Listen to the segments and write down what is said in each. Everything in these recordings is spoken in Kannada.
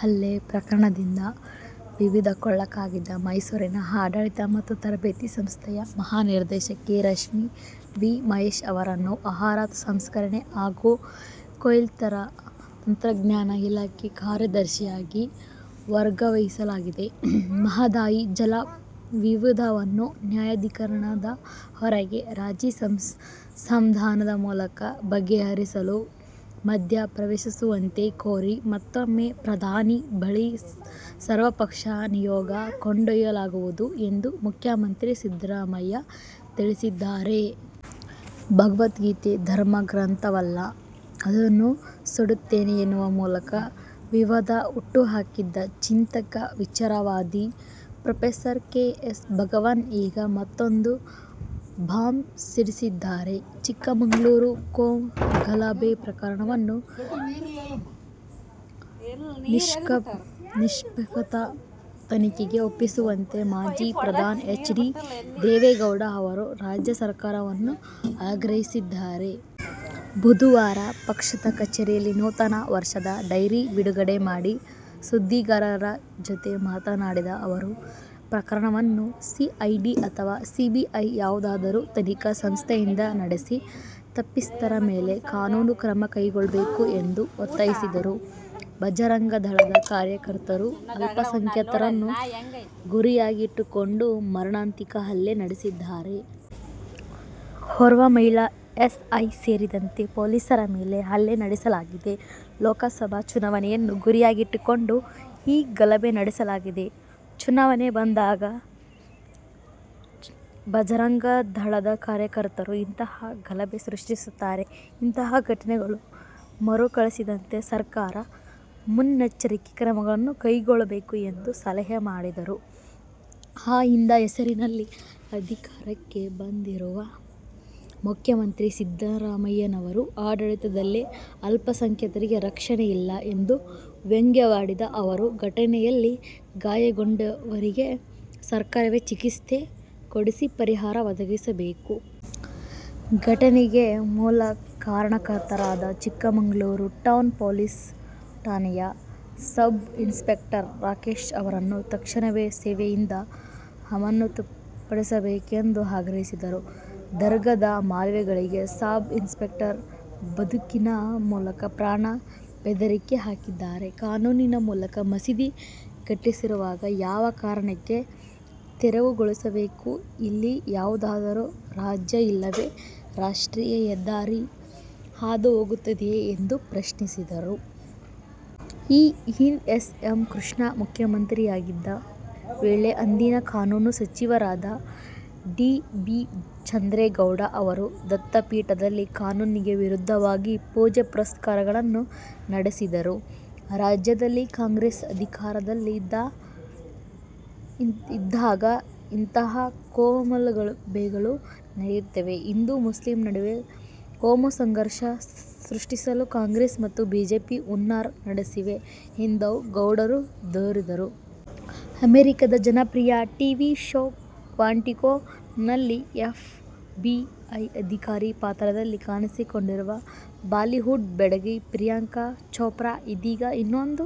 ಹಲ್ಲೆ ಪ್ರಕರಣದಿಂದ ವಿವಾದಕ್ಕೊಳಗಾಗಿದ್ದ ಮೈಸೂರಿನ ಆಡಳಿತ ಮತ್ತು ತರಬೇತಿ ಸಂಸ್ಥೆಯ ಮಹಾನಿರ್ದೇಶಕಿ ರಶ್ಮಿ ವಿ. ಮಹೇಶ್ ಅವರನ್ನು ಆಹಾರ ಸಂಸ್ಕರಣೆ ಹಾಗೂ ಕೊಯ್ಲೋತ್ತರ ತಂತ್ರಜ್ಞಾನ ಇಲಾಖೆ ಕಾರ್ಯದರ್ಶಿಯಾಗಿ ವರ್ಗಾಯಿಸಲಾಗಿದೆ. ಮಹದಾಯಿ ಜಲ ವಿವಾದವನ್ನು ನ್ಯಾಯಾಧಿಕರಣದ ಹೊರಗೆ ರಾಜಿ ಸಂಧಾನದ ಮೂಲಕ ಬಗೆಹರಿಸಲು ಮಧ್ಯಪ್ರವೇಶಿಸುವಂತೆ ಕೋರಿ ಮತ್ತೂಮ್ಮೆ ಪ್ರಧಾನಿ ಬಳಿ ಸರ್ವಪಕ್ಷ ನಿಯೋಗ ಕೊಂಡೊಯ್ಯಲಾಗುವುದು ಎಂದು ಮುಖ್ಯಮಂತ್ರಿ ಸಿದ್ದರಾಮಯ್ಯ ತಿಳಿಸಿದ್ದಾರೆ. ಭಗವದ್ಗೀತೆ ಧರ್ಮ ಗ್ರಂಥವಲ್ಲ. ಅದನ್ನು ಸುಡುತ್ತೇನೆ ಎನ್ನುವ ಮೂಲಕ ವಿವಾದ ಹುಟ್ಟುಹಾಕಿದ್ದ ಚಿಂತಕ, ವಿಚಾರವಾದಿ ಪ್ರೊಫೆಸರ್. ಕೆ. ಎಸ್. ಭಗವಾನ್ ಈಗ ಮತ್ತೊಂದು ಬಾಂಬ್ ಸಿಡಿಸಿದ್ದಾರೆ. ಚಿಕ್ಕಮಗಳೂರು ಕೋಮುಗಲಭೆ ಪ್ರಕರಣವನ್ನು ನಿಷ್ಪಕ್ಷಪಾತ ತನಿಖೆಗೆ ಒಪ್ಪಿಸುವಂತೆ ಮಾಜಿ ಪ್ರಧಾನಿ ಎಚ್. ಡಿ. ದೇವೇಗೌಡ ಅವರು ರಾಜ್ಯ ಸರ್ಕಾರವನ್ನು ಆಗ್ರಹಿಸಿದ್ದಾರೆ. ಬುಧವಾರ ಪಕ್ಷದ ಕಚೇರಿಯಲ್ಲಿ ನೂತನ ವರ್ಷದ ಡೈರಿ ಬಿಡುಗಡೆ ಮಾಡಿ ಸುದ್ದಿಗಾರರ ಜತೆ ಮಾತನಾಡಿದ ಅವರು, ಪ್ರಕರಣವನ್ನು ಸಿಐಡಿ ಅಥವಾ ಸಿಬಿಐ ಯಾವುದಾದರೂ ತನಿಖಾ ಸಂಸ್ಥೆಯಿಂದ ನಡೆಸಿ ತಪ್ಪಿತಸ್ಥರ ಮೇಲೆ ಕಾನೂನು ಕ್ರಮ ಕೈಗೊಳ್ಳಬೇಕು ಎಂದು ಒತ್ತಾಯಿಸಿದರು. ಭಜರಂಗ ದಳದ ಕಾರ್ಯಕರ್ತರು, ಅಲ್ಪಸಂಖ್ಯಾತರನ್ನು ಗುರಿಯಾಗಿಟ್ಟುಕೊಂಡು ಮಾರಣಾಂತಿಕ ಹಲ್ಲೆ ನಡೆಸಿದ್ದಾರೆ. ಓರ್ವ ಮಹಿಳಾ ಎಸ್ಐ ಸೇರಿದಂತೆ ಪೊಲೀಸರ ಮೇಲೆ ಹಲ್ಲೆ ನಡೆಸಲಾಗಿದೆ. ಲೋಕಸಬಾ ಚುನಾವಣೆಯನ್ನು ಗುರಿಯಾಗಿಟ್ಟುಕೊಂಡು ಈ ಗಲಭೆ ನಡೆಸಲಾಗಿದೆ. ಚುನಾವಣೆ ಬಂದಾಗ ಭಜರಂಗ ದಳದ ಕಾರ್ಯಕರ್ತರು ಇಂತಹ ಗಲಭೆ ಸೃಷ್ಟಿಸುತ್ತಾರೆ. ಇಂತಹ ಘಟನೆಗಳು ಮರುಕಳಿಸಿದಂತೆ ಸರ್ಕಾರ ಮುನ್ನಚ್ಚರಿಕ ಕ್ರಮಗಳನ್ನು ಕೈಗೊಳ್ಳಬೇಕು ಎಂದು ಸಲಹೆ ಮಾಡಿದರು. ಅಹಿಂದ ಹೆಸರಿನಲ್ಲಿ ಅಧಿಕಾರಕ್ಕೆ ಬಂದಿರುವ ಮುಖ್ಯಮಂತ್ರಿ ಸಿದ್ದರಾಮಯ್ಯನವರ ಆಡಳಿತದಲ್ಲೇ ಅಲ್ಪಸಂಖ್ಯಾತರಿಗೆ ರಕ್ಷಣೆ ಇಲ್ಲ ಎಂದು ವ್ಯಂಗ್ಯವಾಡಿದ ಅವರು, ಘಟನೆಯಲ್ಲಿ ಗಾಯಗೊಂಡವರಿಗೆ ಸರ್ಕಾರವೇ ಚಿಕಿತ್ಸೆ ಕೊಡಿಸಿ ಪರಿಹಾರ ಒದಗಿಸಬೇಕು. ಘಟನೆಗೆ ಮೂಲ ಕಾರಣಕರ್ತರಾದ ಚಿಕ್ಕಮಗಳೂರು ಟೌನ್ ಪೊಲೀಸ್ ಠಾಣೆಯ ಸಬ್ ಇನ್ಸ್ಪೆಕ್ಟರ್ ರಾಕೇಶ್ ಅವರನ್ನು ತಕ್ಷಣವೇ ಸೇವೆಯಿಂದ ಅಮಾನತುಪಡಿಸಬೇಕೆಂದು ಆಗ್ರಹಿಸಿದರು. ದರ್ಗಾದ ಮೌಲ್ವಿಗಳಿಗೆ ಸಬ್ ಇನ್ಸ್ಪೆಕ್ಟರ್ ಬಂದೂಕಿನ ಮೂಲಕ ಪ್ರಾಣ ಬೆದರಿಕೆ ಹಾಕಿದ್ದಾರೆ. ಕಾನೂನಿನ ಮೂಲಕ ಮಸೀದಿ ಕಟ್ಟಿಸಿರುವಾಗ ಯಾವ ಕಾರಣಕ್ಕೆ ತೆರವುಗೊಳಿಸಬೇಕು. ಇಲ್ಲಿ ಯಾವುದಾದರೂ ರಾಜ್ಯ ಇಲ್ಲವೇ ರಾಷ್ಟ್ರೀಯ ಹೆದ್ದಾರಿ ಹಾದು ಹೋಗುತ್ತದೆಯೇ ಎಂದು ಪ್ರಶ್ನಿಸಿದರು. ಈ ಹಿಂದೆ ಎಸ್. ಎಂ ಕೃಷ್ಣ ಮುಖ್ಯಮಂತ್ರಿಯಾಗಿದ್ದ ವೇಳೆ ಅಂದಿನ ಕಾನೂನು ಸಚಿವರಾದ ಡಿ. ಬಿ. ಚಂದ್ರೇಗೌಡ ಅವರು, ದತ್ತಾಪೀಠದಲ್ಲಿ ಕಾನೂನಿಗೆ ವಿರುದ್ದವಾಗಿ ಪೂಜೆ ಪುನಸ್ಕರಗಳನ್ನು ನಡೆಸಿದರು. ರಾಜ್ಯದಲ್ಲಿ ಕಾಂಗ್ರೆಸ್ ಅಧಿಕಾರದಲ್ಲಿ ಇದ್ದಾಗ ಇಂತಹ ಕೋಮುಗಲಬೆಗಳು ನಡೆಯುತ್ತಿವೆ. ಹಿಂದೂ ಮುಸ್ಲಿಂ ನಡುವೆ ಕೋಮುಸಂಘರ್ಷ ಸೃಷ್ಟಿಸಲು ಕಾಂಗ್ರೆಸ್ ಮತ್ತು ಬಿಜೆಪಿ ಹುನ್ನಾರ ನಡೆಸಿವೆ ಎಂದು ಗೌಡರು ದೂರಿದರು. ಅಮೆರಿಕಾದ ಜನಪ್ರಿಯ ಟಿವಿ ಶೋ ಕ್ವಾಂಟಿಕೊ ನಲ್ಲಿ ಎಫ್. ಬಿ. ಐ ಅಧಿಕಾರಿ ಪಾತ್ರದಲ್ಲಿ ಕಾಣಿಸಿಕೊಂಡಿರುವ ಬಾಲಿವುಡ್ ಬೆಡಗಿ ಪ್ರಿಯಾಂಕಾ ಚೋಪ್ರಾ ಇದೀಗ ಇನ್ನೊಂದು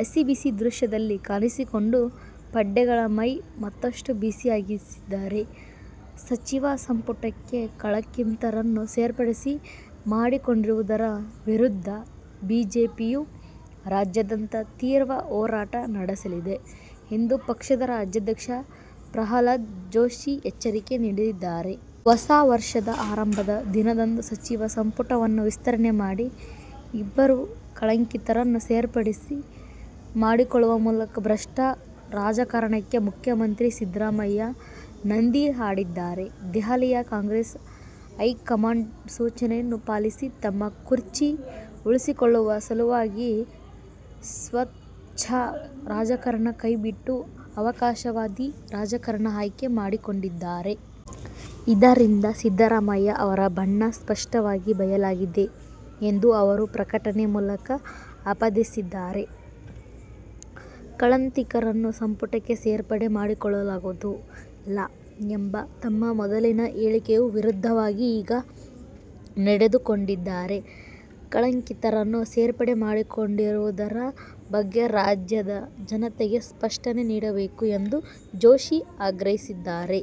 ಹಸಿಬಿಸಿ ದೃಶ್ಯದಲ್ಲಿ ಕಾಣಿಸಿಕೊಂಡು ಪಡ್ಡೆಗಳ ಮೈ ಮತ್ತಷ್ಟು ಬಿಸಿಯಾಗಿಸಿದ್ದಾರೆ. ಸಚಿವ ಸಂಪುಟಕ್ಕೆ ಕಳಂಕಿತರನ್ನು ಸೇರ್ಪಡೆ ಮಾಡಿಕೊಂಡಿರುವುದರ ವಿರುದ್ಧ ಬಿಜೆಪಿಯು ರಾಜ್ಯಾದ್ಯಂತ ತೀವ್ರ ಹೋರಾಟ ನಡೆಸಲಿದೆ ಎಂದು ಪಕ್ಷದ ರಾಜ್ಯಾಧ್ಯಕ್ಷ ಪ್ರಹ್ಲಾದ್ ಜೋಶಿ ಎಚ್ಚರಿಕೆ ನೀಡಿದ್ದಾರೆ. ಹೊಸ ವರ್ಷದ ಆರಂಭದ ದಿನದಂದು ಸಚಿವ ಸಂಪುಟವನ್ನು ವಿಸ್ತರಣೆ ಮಾಡಿ ಇಬ್ಬರು ಕಳಂಕಿತರನ್ನು ಸೇರ್ಪಡೆ ಮಾಡಿಕೊಳ್ಳುವ ಮೂಲಕ ಭ್ರಷ್ಟ ರಾಜಕಾರಣಕ್ಕೆ ಮುಖ್ಯಮಂತ್ರಿ ಸಿದ್ದರಾಮಯ್ಯ ನಾಂದಿ ಹಾಡಿದ್ದಾರೆ. ದೆಹಲಿಯ ಕಾಂಗ್ರೆಸ್ ಹೈಕಮಾಂಡ್ ಸೂಚನೆಯನ್ನು ಪಾಲಿಸಿ ತಮ್ಮ ಕುರ್ಚಿ ಉಳಿಸಿಕೊಳ್ಳುವ ಸಲುವಾಗಿ ಸ್ವತ್ಛ ರಾಜಕಾರಣ ಕೈಬಿಟ್ಟು ಅವಕಾಶವಾದಿ ರಾಜಕಾರಣ ಆಯ್ಕೆ ಮಾಡಿಕೊಂಡಿದ್ದಾರೆ. ಇದರಿಂದ ಸಿದ್ದರಾಮಯ್ಯ ಅವರ ಬಣ್ಣ ಸ್ಪಷ್ಟವಾಗಿ ಬಯಲಾಗಿದೆ ಎಂದು ಅವರು ಪ್ರಕಟಣೆ ಮೂಲಕ ಆಪಾದಿಸಿದ್ದಾರೆ. ಕಳಂಕಿತರನ್ನು ಸಂಪುಟಕ್ಕೆ ಸೇರ್ಪಡೆ ಮಾಡಿಕೊಳ್ಳುವುದಿಲ್ಲ ಎಂಬ ತಮ್ಮ ಮೊದಲಿನ ಹೇಳಿಕೆಯ ವಿರುದ್ಧವಾಗಿ ಈಗ ನಡೆದುಕೊಂಡಿದ್ದಾರೆ. ಕಳಂಕಿತರನ್ನು ಸೇರ್ಪಡೆ ಮಾಡಿಕೊಂಡಿರುವುದರ ಬಗ್ಗೆ ರಾಜ್ಯದ ಜನತೆಗೆ ಸ್ಪಷ್ಟನೆ ನೀಡಬೇಕು ಎಂದೂ ಜೋಶಿ ಆಗ್ರಹಿಸಿದ್ದಾರೆ.